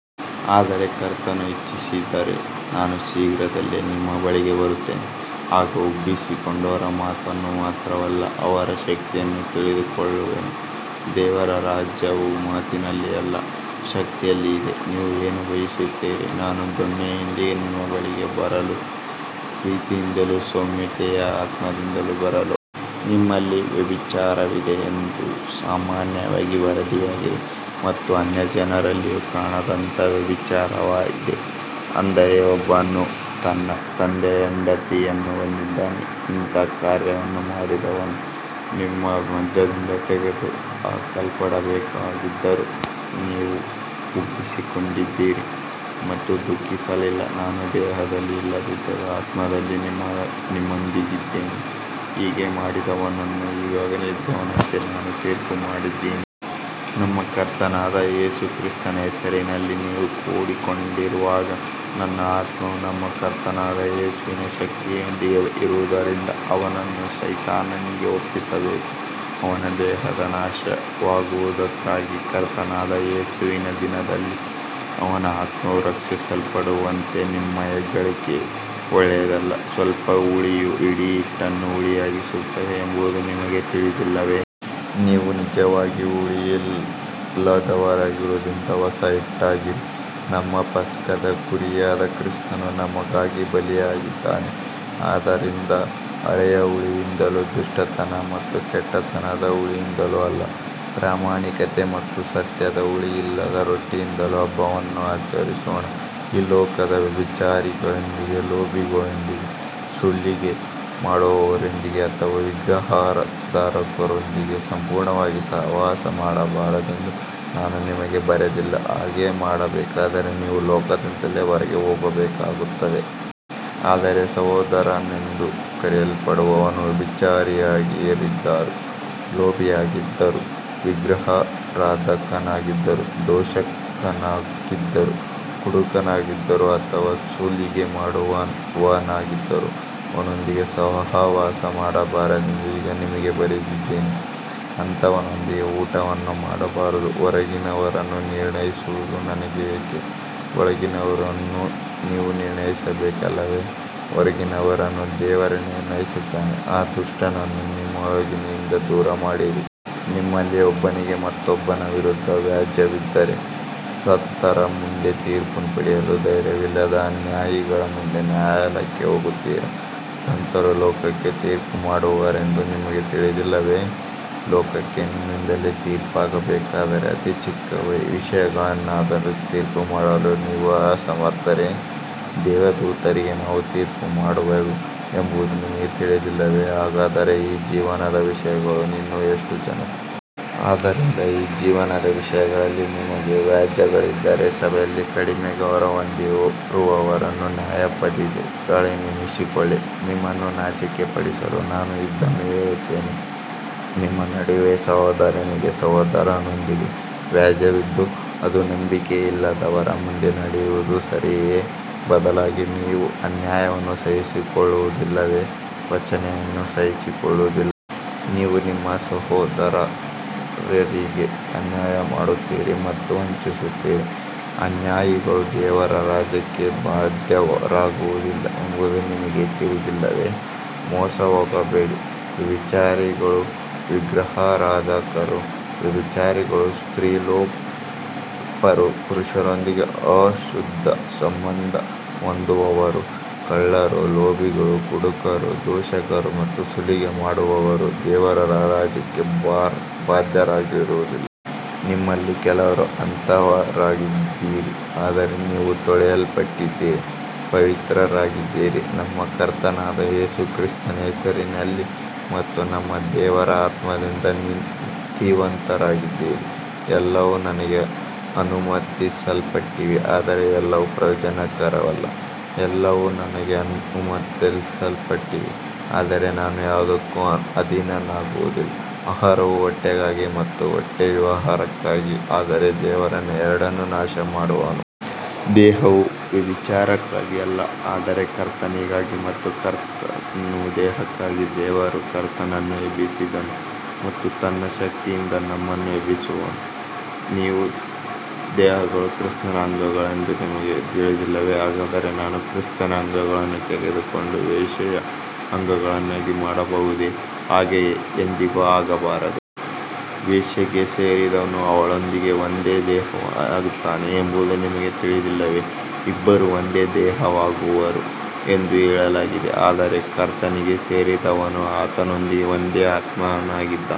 ಆದರೆ ಕರ್ತನು ಇಚ್ಛಿಸಿದರೆ ನಾನು ಶೀಘ್ರದಲ್ಲೇ ನಿಮ್ಮ ಬಳಿಗೆ ಬರುತ್ತೇನೆ. ಆಗ ಉಬ್ಬಿಕೊಂಡವರ ಮಾತನ್ನು ಮಾತ್ರವಲ್ಲ, ಅವರ ಶಕ್ತಿಯನ್ನೂ ತಿಳಿದುಕೊಳ್ಳುವೆನು. ದೇವರ ರಾಜ್ಯವು ಮಾತಿನಲ್ಲಿ ಅಲ್ಲ, ಶಕ್ತಿಯಲ್ಲಿ ಇದೆ. ನೀವು ಏನು ಬಯಸುತ್ತೀರಿ, ನಾನು ದೊಣ್ಣೆಯೊಂದಿಗೆ ನಿಮ್ಮ ಬಳಿಗೆ ಬರಲೋ, ಪ್ರೀತಿಯಿಂದಲೂ ಸೌಮ್ಯತೆಯ ಆತ್ಮದಿಂದಲೂ ಬರಲೋ. ನಿಮ್ಮಲ್ಲಿ ವ್ಯಭಿಚಾರವಿದೆ ಎಂದು ಸಾಮಾನ್ಯವಾಗಿ ವರದಿಯಾಗಿದೆ, ಮತ್ತು ಅನ್ಯಜನರಲ್ಲಿಯೂ ಕಾಣದಂಥ ವ್ಯಭಿಚಾರವಿದೆ, ಅಂದರೆ ಒಬ್ಬನು ತನ್ನ ತಂದೆಯ ಹೆಂಡತಿಯನ್ನು ಹೊಂದಿದ್ದಾನೆ. ಇಂಥ ಕಾರ್ಯವನ್ನು ಮಾಡಿದವನು ನಿಮ್ಮ ಮಧ್ಯದಿಂದ ತೆಗೆದುಹಾಕಲ್ಪಡಬೇಕಾಗಿದ್ದರೂ ನೀವು ಉಬ್ಬಿಕೊಂಡಿದ್ದೀರಿ ಮತ್ತು ದುಃಖಿಸಲಿಲ್ಲ. ನಾನು ದೇಹದಲ್ಲಿ ಇಲ್ಲದಿದ್ದರೂ ಆತ್ಮದಲ್ಲಿ ನಿಮ್ಮೊಂದಿಗಿದ್ದೇನೆ. ಹೀಗೆ ಮಾಡಿದವನನ್ನು ಈಗಾಗಲೇ ಇದ್ದವನಂತೆ ನಾನು ತೀರ್ಪುಮಾಡಿದ್ದೇನೆ. ನಮ್ಮ ಕರ್ತನಾದ ಯೇಸು ಕ್ರಿಸ್ತನ ಹೆಸರಿನಲ್ಲಿ ನೀವು ಕೂಡಿಕೊಂಡಿರುವಾಗ, ನನ್ನ ಆತ್ಮವೂ ನಮ್ಮ ಕರ್ತನಾದ ಯೇಸುವಿನ ಶಕ್ತಿಯೊಂದಿಗೆ ಇರುವುದರಿಂದ, ಅವನನ್ನು ಸೈತಾನನಿಗೆ ಒಪ್ಪಿಸಬೇಕು, ಅವನ ದೇಹದ ನಾಶವಾಗುವುದಕ್ಕಾಗಿ, ಕರ್ತನಾದ ಯೇಸುವಿನ ದಿನದಲ್ಲಿ ಅವನ ಆತ್ಮವು ರಕ್ಷಿಸಲ್ಪಡುವಂತೆ. ನಿಮ್ಮ ಹೆಗ್ಗಳಿಕೆ ಒಳ್ಳೆಯದಲ್ಲ. ಸ್ವಲ್ಪ ಹುಳಿಯು ಇಡೀ ಹಿಟ್ಟನ್ನು ಹುಳಿಯಾಗಿಸುತ್ತದೆ ಎಂಬುದು ನಿಮಗೆ ತಿಳಿದಿಲ್ಲವೇ. ನೀವು ನಿಜವಾಗಿಯೂ ಹುಳಿಯಿಲ್ಲದವರಾಗಿರುವುದರಿಂದ ಹೊಸ ಹಿಟ್ಟಾಗಿರಿ. ನಮ್ಮ ಪಸ್ಕದ ಕುರಿಯಾದ ಕ್ರಿಸ್ತನು ನಮಗಾಗಿ ಬಲಿಯಾಗಿದ್ದಾನೆ. ಆದ್ದರಿಂದ ಹಳೆಯ ಹುಳಿಯಿಂದಲೂ ದುಷ್ಟತನ ಮತ್ತು ಕೆಟ್ಟತನದ ಹುಳಿಯಿಂದಲೂ ಅಲ್ಲ, ಪ್ರಾಮಾಣಿಕತೆ ಮತ್ತು ಸತ್ಯದ ಹುಳಿಯಿಲ್ಲದ ರೊಟ್ಟಿಯಿಂದಲೂ ಹಬ್ಬವನ್ನು ಆಚರಿಸೋಣ. ಈ ಲೋಕದ ವ್ಯಭಿಚಾರಿಗಳೊಂದಿಗೆ, ಲೋಭಿಗಳೊಂದಿಗೆ, ಸುಲಿಗೆ ಮಾಡುವವರೊಂದಿಗೆ ಅಥವಾ ವಿಗ್ರಹಾರಾಧಕರೊಂದಿಗೆ ಸಂಪೂರ್ಣವಾಗಿ ಸಹವಾಸ ಮಾಡಬಾರದೆಂದು ನಾನು ನಿಮಗೆ ಬರೆದಿಲ್ಲ, ಹಾಗೆ ಮಾಡಬೇಕಾದರೆ ನೀವು ಲೋಕದಿಂದಲೇ ಹೊರಗೆ ಹೋಗಬೇಕಾಗುತ್ತದೆ. ಆದರೆ ಸಹೋದರನೆಂದು ಕರೆಯಲ್ಪಡುವವನು ವ್ಯಭಿಚಾರಿಯಾಗಿದ್ದರೂ, ಲೋಭಿಯಾಗಿದ್ದರೂ, ವಿಗ್ರಹಾರಾಧಕನಾಗಿದ್ದರೂ, ದೂಷಕನಾಗಿದ್ದರೂ, ಕುಡುಕನಾಗಿದ್ದರೂ ಅಥವಾ ಸುಲಿಗೆ ಮಾಡುವವನಾಗಿದ್ದರೂ ಅವನೊಂದಿಗೆ ಸಹವಾಸ ಮಾಡಬಾರದೆಂದು ಈಗ ನಿಮಗೆ ಬರೆದಿದ್ದೇನೆ, ಅಂಥವನೊಂದಿಗೆ ಊಟವನ್ನೂ ಮಾಡಬಾರದು. ಹೊರಗಿನವರನ್ನು ನಿರ್ಣಯಿಸುವುದು ನನಗೆ ಏಕೆ. ಒಳಗಿನವರನ್ನು ನೀವು ನಿರ್ಣಯಿಸಬೇಕಲ್ಲವೇ. ಹೊರಗಿನವರನ್ನು ದೇವರೇ ನಿರ್ಣಯಿಸುತ್ತಾನೆ. ಆ ದುಷ್ಟನನ್ನು ನಿಮ್ಮೊಳಗಿಂದ ದೂರಮಾಡಿರಿ. ನಿಮ್ಮಲ್ಲಿ ಒಬ್ಬನಿಗೆ ಮತ್ತೊಬ್ಬನ ವಿರುದ್ಧ ವ್ಯಾಜ್ಯವಿದ್ದರೆ, ಸಂತರ ಮುಂದೆ ತೀರ್ಪು ಪಡೆಯಲು ಧೈರ್ಯವಿಲ್ಲದೆ ಅನ್ಯಾಯಿಗಳ ಮುಂದೆ ನ್ಯಾಯಾಲಯಕ್ಕೆ ಹೋಗುತ್ತೀರಾ. ಸಂತರು ಲೋಕಕ್ಕೆ ತೀರ್ಪು ಮಾಡುವರೆಂದು ನಿಮಗೆ ತಿಳಿದಿಲ್ಲವೇ. ಲೋಕಕ್ಕೆ ನಿಮ್ಮಿಂದಲೇ ತೀರ್ಪಾಗಬೇಕಾದರೆ, ಅತಿ ಚಿಕ್ಕ ವಿಷಯಗಳನ್ನಾದರೂ ತೀರ್ಪುಮಾಡಲು ನೀವು ಅಸಮರ್ಥರೇ. ದೇವದೂತರಿಗೆ ನಾವು ತೀರ್ಪು ಮಾಡುವೆವು ಎಂಬುದು ನಿಮಗೆ ತಿಳಿದಿಲ್ಲವೇ, ಹಾಗಾದರೆ ಈ ಜೀವನದ ವಿಷಯಗಳು ಇನ್ನೂ ಎಷ್ಟು. ಆದ್ದರಿಂದ ಈ ಜೀವನದ ವಿಷಯಗಳಲ್ಲಿ ನಿಮಗೆ ವ್ಯಾಜ್ಯಗಳಿದ್ದರೆ, ಸಭೆಯಲ್ಲಿ ಕಡಿಮೆ ಗೌರವ ಹೊಂದಿರುವವರನ್ನು ನ್ಯಾಯಾಧಿಪತಿಗಳಾಗಿ ನೇಮಿಸಿಕೊಳ್ಳಿ. ನಿಮ್ಮನ್ನು ನಾಚಿಕೆಪಡಿಸಲು ನಾನು ಇದನ್ನು ಹೇಳುತ್ತೇನೆ. ನಿಮ್ಮ ನಡುವೆ ಸಹೋದರನಿಗೆ ಸಹೋದರನೊಂದಿಗೆ ವ್ಯಾಜ್ಯವಿದ್ದು, ಅದು ನಂಬಿಕೆಯಿಲ್ಲದವರ ಮುಂದೆ ನಡೆಯುವುದು ಸರಿಯೇ. ಬದಲಾಗಿ ನೀವು ಅನ್ಯಾಯವನ್ನು ಸಹಿಸಿಕೊಳ್ಳುವುದಿಲ್ಲವೇ, ವಂಚನೆಯನ್ನು ಸಹಿಸಿಕೊಳ್ಳುವುದಿಲ್ಲವೇ. ನೀವು ನಿಮ್ಮ ಸಹೋದರರಿಗೇ ಅನ್ಯಾಯ ಮಾಡುತ್ತೀರಿ ಮತ್ತು ವಂಚಿಸುತ್ತೀರಿ. ಅನ್ಯಾಯಿಗಳು ದೇವರ ರಾಜ್ಯಕ್ಕೆ ಬಾಧ್ಯರಾಗುವುದಿಲ್ಲ ಎಂಬುದು ನಿಮಗೆ ತಿಳಿದಿಲ್ಲವೇ. ಮೋಸಹೋಗಬೇಡಿ. ವ್ಯಭಿಚಾರಿಗಳು, ವಿಗ್ರಹಾರಾಧಕರು, ವ್ಯಭಿಚಾರಿಗಳು, ಸ್ತ್ರೀಲೋಲುಪರು, ಪುರುಷರೊಂದಿಗೆ ಅಶುದ್ಧ ಸಂಬಂಧ ಹೊಂದುವವರು, ಕಳ್ಳರು, ಲೋಭಿಗಳು, ಕುಡುಕರು, ದೂಷಕರು ಮತ್ತು ಸುಲಿಗೆ ಮಾಡುವವರು ದೇವರ ರಾಜ್ಯಕ್ಕೆ ಬಾಧ್ಯರಾಗುವುದಿಲ್ಲ. ನಿಮ್ಮಲ್ಲಿ ಕೆಲವರು ಅಂತಹವರಾಗಿದ್ದಿರಿ. ಆದರೆ ನೀವು ತೊಳೆಯಲ್ಪಟ್ಟಿದ್ದೀರಿ, ಪವಿತ್ರರಾಗಿದ್ದೀರಿ, ನಮ್ಮ ಕರ್ತನಾದ ಯೇಸು ಕ್ರಿಸ್ತನ ಹೆಸರಿನಲ್ಲಿ ಮತ್ತು ನಮ್ಮ ದೇವರ ಆತ್ಮದಿಂದ ನೀತಿವಂತರಾಗಿದ್ದೀರಿ. ಎಲ್ಲವೂ ನನಗೆ ಅನುಮತಿಸಲ್ಪಟ್ಟಿವೆ, ಆದರೆ ಎಲ್ಲವೂ ಪ್ರಯೋಜನಕರವಲ್ಲ. ಎಲ್ಲವೂ ನನಗೆ ಅನುಮತಿಸಲ್ಪಟ್ಟಿವೆ, ಆದರೆ ನಾನು ಯಾವುದಕ್ಕೂ ಅಧೀನನಾಗುವುದಿಲ್ಲ. ಆಹಾರವು ಹೊಟ್ಟೆಗಾಗಿ ಮತ್ತು ಹೊಟ್ಟೆಯು ಆಹಾರಕ್ಕಾಗಿ, ಆದರೆ ದೇವರು ಎರಡನ್ನೂ ನಾಶಮಾಡುವನು. ದೇಹವು ವ್ಯಭಿಚಾರಕ್ಕಾಗಿ ಅಲ್ಲ, ಆದರೆ ಕರ್ತನಿಗಾಗಿ, ಮತ್ತು ಕರ್ತನು ದೇಹಕ್ಕಾಗಿ. ದೇವರು ಕರ್ತನನ್ನು ಎಬ್ಬಿಸಿದನು ಮತ್ತು ತನ್ನ ಶಕ್ತಿಯಿಂದ ನಮ್ಮನ್ನೂ ಎಬ್ಬಿಸುವನು. ನಿಮ್ಮ ದೇಹಗಳು ಕ್ರಿಸ್ತನ ಅಂಗಗಳೆಂದು ನಿಮಗೆ ತಿಳಿದಿಲ್ಲವೇ. ಹಾಗಾದರೆ ನಾನು ಕ್ರಿಸ್ತನ ಅಂಗಗಳನ್ನು ತೆಗೆದುಕೊಂಡು ವೇಶ್ಯೆಯ ಅಂಗಗಳನ್ನಾಗಿ ಮಾಡಬಹುದೇ. ಹಾಗೆ ಎಂದಿಗೂ ಆಗಬಾರದು. ವೇಶ್ಯೆಗೆ ಸೇರಿದವನು ಅವಳೊಂದಿಗೆ ಒಂದೇ ದೇಹವಾಗುತ್ತಾನೆ ಎಂಬುದು ನಿಮಗೆ ತಿಳಿದಿಲ್ಲವೇ, ಇಬ್ಬರೂ ಒಂದೇ ದೇಹವಾಗುವರು ಎಂದು ಹೇಳಲಾಗಿದೆ. ಆದರೆ ಕರ್ತನಿಗೆ ಸೇರಿದವನು ಆತನೊಂದಿಗೆ ಒಂದೇ ಆತ್ಮವಾಗಿದ್ದಾನೆ.